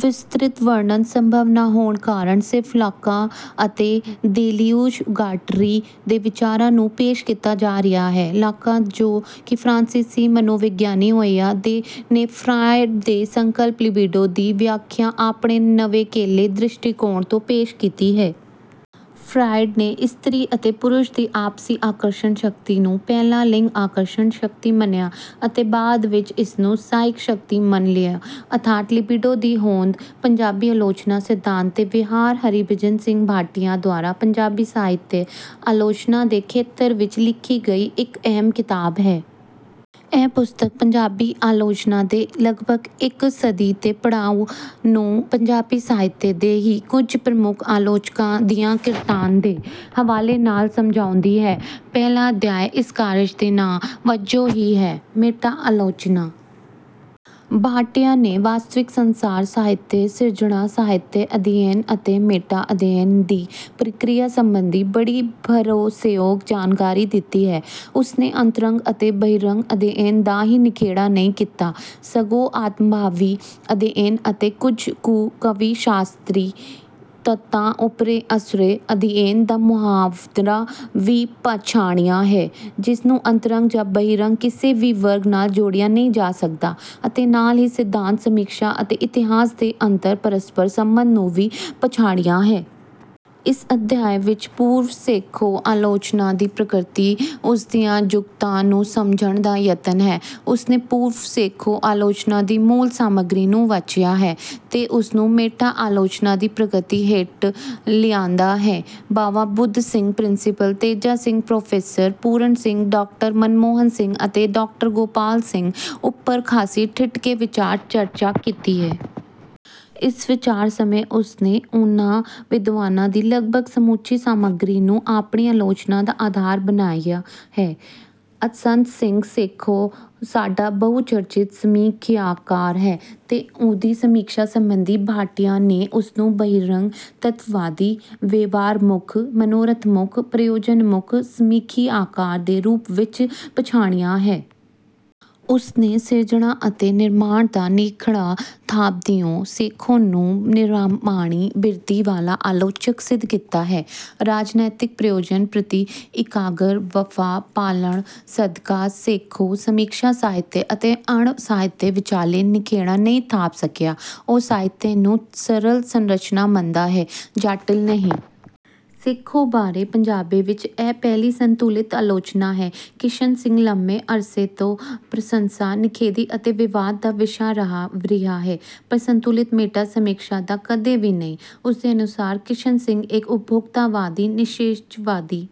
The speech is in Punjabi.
ਵਿਸਤ੍ਰਿਤ ਵਰਣਨ ਸੰਭਵ ਨਾ ਹੋਣ ਕਾਰਨ ਸਿਰਫ ਲਾਕਾਂ ਅਤੇ ਦੇਲਿਊਜ ਗਾਟਰੀ ਦੇ ਵਿਚਾਰਾਂ ਨੂੰ ਹੀ ਪੇਸ਼ ਕੀਤਾ ਜਾ ਰਿਹਾ ਹੈ। ਲਾਕਾਂ ਜੋ ਕਿ ਫਰਾਂਸੀਸੀ ਮਨੋਵਿਗਿਆਨੀ ਹੋਇਆ ਲੇ ਫਰਾਇਡ ਦੇ ਸੰਕਲਪ ਲਿਬਿਡੋ ਦੀ ਵਿਆਖਿਆ ਆਪਣੇ ਨਿਵੇਕਲੇ ਦ੍ਰਿਸ਼ਟੀਕੋਣ ਤੋਂ ਪੇਸ਼ ਕੀਤੀ ਹੈ। ਫਰਾਇਡ ਨੇ ਇਸਤਰੀ ਅਤੇ ਪੁਰਸ਼ ਦੀ ਆਪਸੀ ਆਕਰਸ਼ਣ ਸ਼ਕਤੀ ਨੂੰ ਪਹਿਲਾਂ ਲਿੰਗ ਆਕਰਸ਼ਣ ਸ਼ਕਤੀ ਮੰਨਿਆ ਅਤੇ ਬਾਅਦ ਵਿੱਚ ਇਸਨੂੰ ਸਾਇਕ ਸ਼ਕਤੀ ਮੰਨ ਲਿਆ ਅਰਥਾਤ ਲਿਬਿਡੋ ਦੀ ਹੋਂਦ। ਪੰਜਾਬੀ ਆਲੋਚਨਾ: ਸਿਧਾਂਤ ਤੇ ਵਿਹਾਰ ਹਰਿਭਜਨ ਸਿੰਘ ਭਾਟੀਆ ਦੁਆਰਾ ਪੰਜਾਬੀ ਸਾਹਿਤ ਆਲੋਚਨਾ ਦੇ ਖੇਤਰ ਵਿੱਚ ਲਿਖੀ ਗਈ ਇੱਕ ਅਹਿਮ ਕਿਤਾਬ ਹੈ। ਇਹ ਪੁਸਤਕ ਪੰਜਾਬੀ ਆਲੋਚਨਾ ਦੇ ਲਗਭਗ ਇੱਕ ਸਦੀ ਦੇ ਪੜਾਅ ਨੂੰ ਪੰਜਾਬੀ ਸਾਹਿਤ ਦੇ ਹੀ ਕੁਝ ਪ੍ਰਮੁੱਖ ਆਲੋਚਕਾਂ ਦੀਆਂ ਕਿਰਤਾਂ ਦੇ ਹਵਾਲੇ ਨਾਲ ਸਮਝਾਉਂਦੀ ਹੈ। ਪਹਿਲਾ ਅਧਿਆਏ ਇਸ ਕਾਰਜ ਦੇ ਨਾਂ ਵਜੋਂ ਹੀ ਹੈ: ਮੈਟਾ ਆਲੋਚਨਾ। ਭਾਟੀਆ ਨੇ ਵਾਸਤਵਿਕ ਸੰਸਾਰ, ਸਾਹਿਤ ਸਿਰਜਣਾ, ਸਾਹਿਤ ਅਧਿਐਨ ਅਤੇ ਮੈਟਾ ਅਧਿਐਨ ਦੀ ਪ੍ਰਕਿਰਿਆ ਸੰਬੰਧੀ ਬੜੀ ਭਰੋਸੇਯੋਗ ਜਾਣਕਾਰੀ ਦਿੱਤੀ ਹੈ। ਉਸਨੇ ਅੰਤਰੰਗ ਅਤੇ ਬਹਿਰੰਗ ਅਧਿਐਨਾਂ ਦਾ ਹੀ ਨਿਖੇੜਾ ਨਹੀਂ ਕੀਤਾ, ਸਗੋਂ ਆਤਮਭਾਵੀ ਅਧਿਐਨ ਅਤੇ ਕੁਝ ਕੁ ਕਾਵਿ-ਸ਼ਾਸਤਰੀ ਤਤਾਂ ਉੱਪਰ ਉਸਰੇ ਅਧਿਐਨ ਦਾ ਮੁਹਾਂਦਰਾ ਵੀ ਪਛਾਣਿਆ ਹੈ ਜਿਸ ਨੂੰ ਅੰਤਰੰਗ ਜਾਂ ਬਹਿਰੰਗ ਕਿਸੇ ਵੀ ਵਰਗ ਨਾਲ ਜੋੜਿਆ ਨਹੀਂ ਜਾ ਸਕਦਾ ਅਤੇ ਨਾਲ ਹੀ ਸਿਧਾਂਤ, ਸਮੀਖਿਆ ਅਤੇ ਇਤਿਹਾਸ ਦੇ ਅੰਤਰ ਪ੍ਰਸਪਰ ਸੰਬੰਧ ਨੂੰ ਵੀ ਪਛਾਣਿਆ ਹੈ। ਇਸ ਅਧਿਆਏ ਵਿੱਚ ਪੂਰਵ-ਸੇਖੋਂ ਆਲੋਚਨਾ ਦੀ ਪ੍ਰਕਿਰਤੀ, ਉਸਦੀਆਂ ਜੁਗਤਾਂ ਨੂੰ ਸਮਝਣ ਦਾ ਯਤਨ ਹੈ। ਉਸਨੇ ਪੂਰਵ-ਸੇਖੋਂ ਆਲੋਚਨਾ ਦੀ ਮੂਲ ਸਮੱਗਰੀ ਨੂੰ ਵਾਚਿਆ ਹੈ ਤੇ ਉਸਨੂੰ ਮੈਟਾ ਆਲੋਚਨਾ ਦੀ ਪ੍ਰਕਿਰਤੀ ਹੇਠ ਲਿਆਂਦਾ ਹੈ। Bawa Budh Singh, principal Teja Singh, professor Puran Singh, doctor Mohan Singh Diwana ਅਤੇ ਡਾਕਟਰ ਗੋਪਾਲ ਸਿੰਘ ਉੱਪਰ ਖਾਸੀ ਠਿਠ ਕੇ ਵਿਚਾਰ ਚਰਚਾ ਕੀਤੀ ਹੈ। ਇਸ ਵਿਚਾਰ ਸਮੇਂ ਉਸਨੇ ਉਹਨਾਂ ਵਿਦਵਾਨਾਂ ਦੀ ਲਗਭਗ ਸਮੁੱਚੀ ਸਮੱਗਰੀ ਨੂੰ ਆਪਣੀ ਆਲੋਚਨਾ ਦਾ ਆਧਾਰ ਬਣਾਇਆ ਹੈ। ਸੰਤ ਸਿੰਘ ਸੇਖੋਂ ਸਾਡਾ ਬਹੁਚਰਚਿਤ ਸਮੀਖਿਆਕਾਰ ਹੈ ਤੇ ਉਹਦੀ ਸਮੀਖਿਆ ਸੰਬੰਧੀ ਭਾਟੀਆ ਨੇ ਉਸਨੂੰ ਬਹਿਰੰਗ, ਤੱਤਵਾਦੀ, ਵੇਰਵਾਮੁੱਖ, ਮਨੋਰਥਮੁੱਖ, ਪ੍ਰਯੋਜਨਮੁੱਖ ਸਮੀਖਿਆਕਾਰ ਦੇ ਰੂਪ ਵਿੱਚ ਪਛਾਣਿਆ ਹੈ। ਉਸਨੇ ਸਿਰਜਣਾ ਅਤੇ ਨਿਰਮਾਣ ਦਾ ਨਿਖੇੜਾ ਥਾਪਦਿਆਂ ਸੇਖੋਂ ਨੂੰ ਨਿਰਮਾਣੀ ਬਿਰਤੀ ਵਾਲਾ ਆਲੋਚਕ ਸਿੱਧ ਕੀਤਾ ਹੈ। ਰਾਜਨੀਤਕ ਪ੍ਰਯੋਜਨ ਪ੍ਰਤੀ ਇਕਾਗਰ ਵਫ਼ਾ ਪਾਲਣ ਸਦਕਾ ਸੇਖੋਂ ਸਮੀਖਿਆ ਸਾਹਿਤ ਅਤੇ ਅਣਸਾਹਿਤ ਵਿੱਚਾਲੇ ਨਿਖੇੜਾ ਨਹੀਂ ਥਾਪ ਸਕੀ, ਉਹ ਸਾਹਿਤ ਨੂੰ ਸਰਲ ਸਰੰਚਨਾ ਮੰਨਦਾ ਹੈ, ਜਟਿਲ ਨਹੀਂ। ਸੇਖੋਂ ਬਾਰੇ ਪੰਜਾਬੀ ਵਿੱਚ ਇਹ ਪਹਿਲੀ ਸੰਤੁਲਿਤ ਆਲੋਚਨਾ ਹੈ। ਕਿਸ਼ਨ ਸਿੰਘ ਲੰਮੇ ਅਰਸੇ ਤੋਂ ਪ੍ਰਸੰਸਾ, ਨਿਖੇਧੀ ਅਤੇ ਵਿਵਾਦ ਦਾ ਵਿਸ਼ਾ ਰਿਹਾ ਹੈ ਪਰ ਸੰਤੁਲਿਤ ਮੈਟਾ ਸਮੀਖਿਆ ਦਾ ਕਦੇ ਵੀ ਨਹੀਂ। ਉਸਦੇ ਅਨੁਸਾਰ ਕਿਸ਼ਨ ਸਿੰਘ ਇੱਕ ਉਪਭੋਗਤਾਵਾਦੀ, ਨਿਸ਼ਚੇਵਾਦੀ